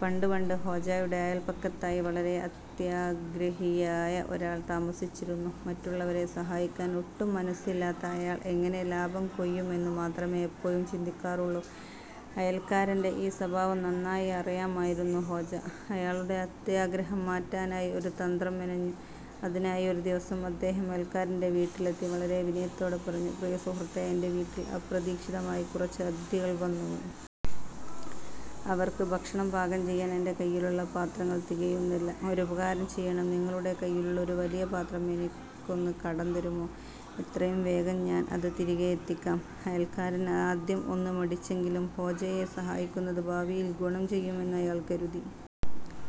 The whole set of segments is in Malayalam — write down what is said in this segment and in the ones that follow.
പണ്ട് പണ്ട്, ഹോജയുടെ അയൽപക്കത്തായി വളരെ അത്യാഗ്രഹിയായ ഒരാൾ താമസിച്ചിരുന്നു. മറ്റുള്ളവരെ സഹായിക്കാൻ ഒട്ടും മനസ്സില്ലാത്ത അയാൾ, എങ്ങനെ ലാഭം കൊയ്യാമെന്നു മാത്രമേ എപ്പോഴും ചിന്തിക്കാറുള്ളൂ. അയൽക്കാരന്റെ ഈ സ്വഭാവം നന്നായി അറിയാമായിരുന്ന ഹോജ, അയാളുടെ അത്യാഗ്രഹം മാറ്റാനായി ഒരു തന്ത്രം മെനഞ്ഞു. അതിനായി ഒരു ദിവസം അദ്ദേഹം അയൽക്കാരന്റെ വീട്ടിലെത്തി വളരെ വിനയത്തോടെ പറഞ്ഞു: "പ്രിയ സുഹൃത്തേ, എന്റെ വീട്ടിൽ അപ്രതീക്ഷിതമായി കുറച്ച് അതിഥികൾ വന്നു. അവർക്ക് ഭക്ഷണം പാകം ചെയ്യാൻ എന്റെ കയ്യിലുള്ള പാത്രങ്ങൾ തികയുന്നില്ല. ഒരു ഉപകാരം ചെയ്യണം, നിങ്ങളുടെ കയ്യിലുള്ള ഒരു വലിയ പാത്രം എനിക്കൊന്ന് കടം തരുമോ? എത്രയും വേഗം ഞാൻ അത് തിരികെ എത്തിക്കാം. " അയൽക്കാരൻ ആദ്യം ഒന്ന് മടിച്ചെങ്കിലും ഹോജയെ സഹായിക്കുന്നത് ഭാവിയിൽ ഗുണം ചെയ്യുമെന്ന് അയാൾ കരുതി.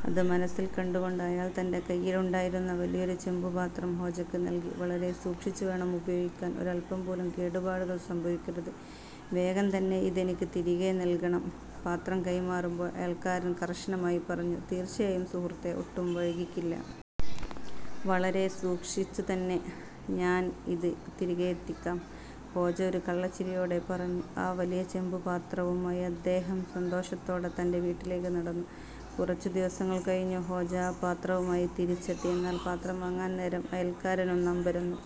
അത് മനസ്സിൽ കണ്ടുകൊണ്ട് അയാൾ തന്റെ കയ്യിലുണ്ടായിരുന്ന വലിയൊരു ചെമ്പ് പാത്രം ഹോജയ്ക്ക് നൽകി. "വളരെ സൂക്ഷിച്ചു വേണം ഉപയോഗിക്കാൻ, ഒരല്പം പോലും കേടുപാടുകൾ സംഭവിക്കരുത്! വേഗം തന്നെ ഇത് എനിക്ക് തിരികെ നൽകണം. " പാത്രം കൈമാറുമ്പോൾ അയൽക്കാരൻ കർശനമായി പറഞ്ഞു. "തീർച്ചയായും സുഹൃത്തേ, ഒട്ടും വൈകിക്കില്ല! വളരെ സൂക്ഷിച്ചുതന്നെ ഞാൻ ഇത് തിരികെ എത്തിക്കാം. " ഹോജ ഒരു കള്ളച്ചിരിയോടെ പറഞ്ഞു. ആ വലിയ ചെമ്പ് പാത്രവുമായി അദ്ദേഹം സന്തോഷത്തോടെ തന്റെ വീട്ടിലേക്ക് നടന്നു. കുറച്ചു ദിവസങ്ങൾ കഴിഞ്ഞ് ഹോജ ആ പാത്രവുമായി തിരിച്ചെത്തി. എന്നാൽ പാത്രം വാങ്ങാൻ നേരം അയൽക്കാരൻ ഒന്ന് അമ്പരന്നു.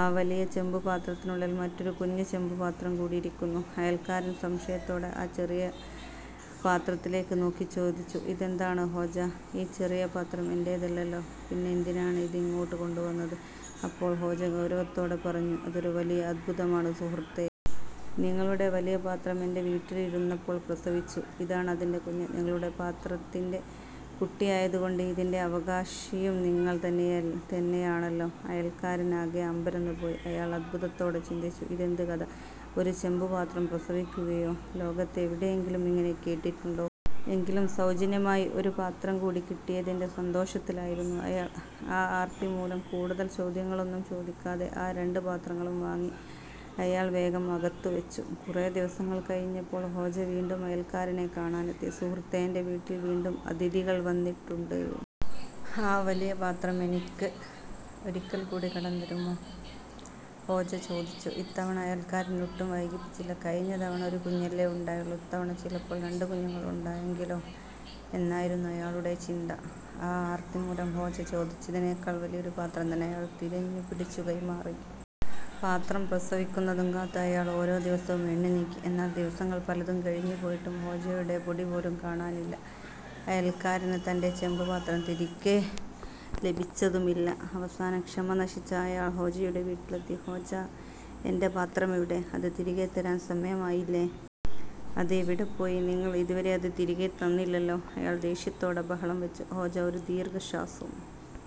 ആ വലിയ ചെമ്പ് പാത്രത്തിനുള്ളിൽ മറ്റൊരു കുഞ്ഞൻ ചെമ്പ് പാത്രം കൂടി ഇരിക്കുന്നു! അയൽക്കാരൻ സംശയത്തോടെ ആ ചെറിയ പാത്രത്തിലേക്ക് നോക്കി ചോദിച്ചു: "ഇതെന്താണ് ഹോജ? ഈ ചെറിയ പാത്രം എന്റേതല്ലല്ലോ! പിന്നെന്തിനാണ് ഇത് ഇങ്ങോട്ട് കൊണ്ടുവന്നത്? " അപ്പോൾ ഹോജ ഗൗരവത്തോടെ പറഞ്ഞു: "അതൊരു വലിയ അത്ഭുതമാണ് സുഹൃത്തേ! നിങ്ങളുടെ വലിയ പാത്രം എന്റെ വീട്ടിലിരുന്നപ്പോൾ പ്രസവിച്ചു. ഇതാണ് അതിന്റെ കുഞ്ഞ്! നിങ്ങളുടെ പാത്രത്തിന്റെ കുട്ടിയായതുകൊണ്ട് ഇതിന്റെ അവകാശിയും നിങ്ങൾ തന്നെയാണല്ലോ. " അയൽക്കാരൻ ആകെ അമ്പരന്നുപോയി. അയാൾ അത്ഭുതത്തോടെ ചിന്തിച്ചു: "ഇതെന്ത് കഥ! ഒരു ചെമ്പ് പാത്രം പ്രസവിക്കുകയോ? ലോകത്ത് എവിടെയെങ്കിലും ഇങ്ങനെ കേട്ടിട്ടുണ്ടോ! " എങ്കിലും സൗജന്യമായി ഒരു പാത്രം കൂടി കിട്ടിയതിന്റെ സന്തോഷത്തിലായിരുന്നു അയാൾ. ആ ആർത്തി മൂലം കൂടുതൽ ചോദ്യങ്ങളൊന്നും ചോദിക്കാതെ ആ രണ്ട് പാത്രങ്ങളും വാങ്ങി അയാൾ വേഗം അകത്തുവെച്ചു. കുറേ ദിവസങ്ങൾ കഴിഞ്ഞപ്പോൾ ഹോജ വീണ്ടും അയൽക്കാരനെ കാണാൻ എത്തി. "സുഹൃത്തേ, എന്റെ വീട്ടിൽ വീണ്ടും അതിഥികൾ വന്നിട്ടുണ്ട്. ആ വലിയ പാത്രം എനിക്ക് ഒരിക്കൽ കൂടി കടം തരുമോ? " ഹോജ ചോദിച്ചു. ഇത്തവണ അയൽക്കാരൻ ഒട്ടും വൈകിപ്പിച്ചില്ല. 'കഴിഞ്ഞ തവണ ഒരു കുഞ്ഞല്ലേ ഉണ്ടായുള്ളൂ, ഇത്തവണ ചിലപ്പോൾ രണ്ട് കുഞ്ഞുങ്ങൾ ഉണ്ടായെങ്കിലോ! ' എന്നായിരുന്നു അയാളുടെ ചിന്ത. ആ ആർത്തി മൂലം ഹോജ ചോദിച്ചതിനേക്കാൾ വലിയൊരു പാത്രം തന്നെ അയാൾ തിരഞ്ഞു പിടിച്ച് കൈമാറി. പാത്രം പ്രസവിക്കുന്നതും കാത്ത് അയാൾ ഓരോ ദിവസവും എണ്ണിനീക്കി. എന്നാൽ ദിവസങ്ങൾ പലതും കഴിഞ്ഞു പോയിട്ടും ഹോജയുടെ പൊടിപോലും കാണാനില്ല അയൽക്കാരന് തന്റെ ചെമ്പ് പാത്രം തിരികെ ലഭിച്ചതുമില്ല. അവസാനം ക്ഷമ നശിച്ച അയാൾ ഹോജയുടെ വീട്ടിലെത്തി. "ഹോജ, എന്റെ പാത്രം എവിടെ? അത് തിരികെ തരാൻ സമയമായില്ലേ! അത് എവിടെപ്പോയി? നിങ്ങൾ ഇതുവരെ അത് തിരികെ തന്നില്ലല്ലോ! " അയാൾ ദേഷ്യത്തോടെ ബഹളം വെച്ചു. ഹോജ ഒരു ദീർഘശ്വാസം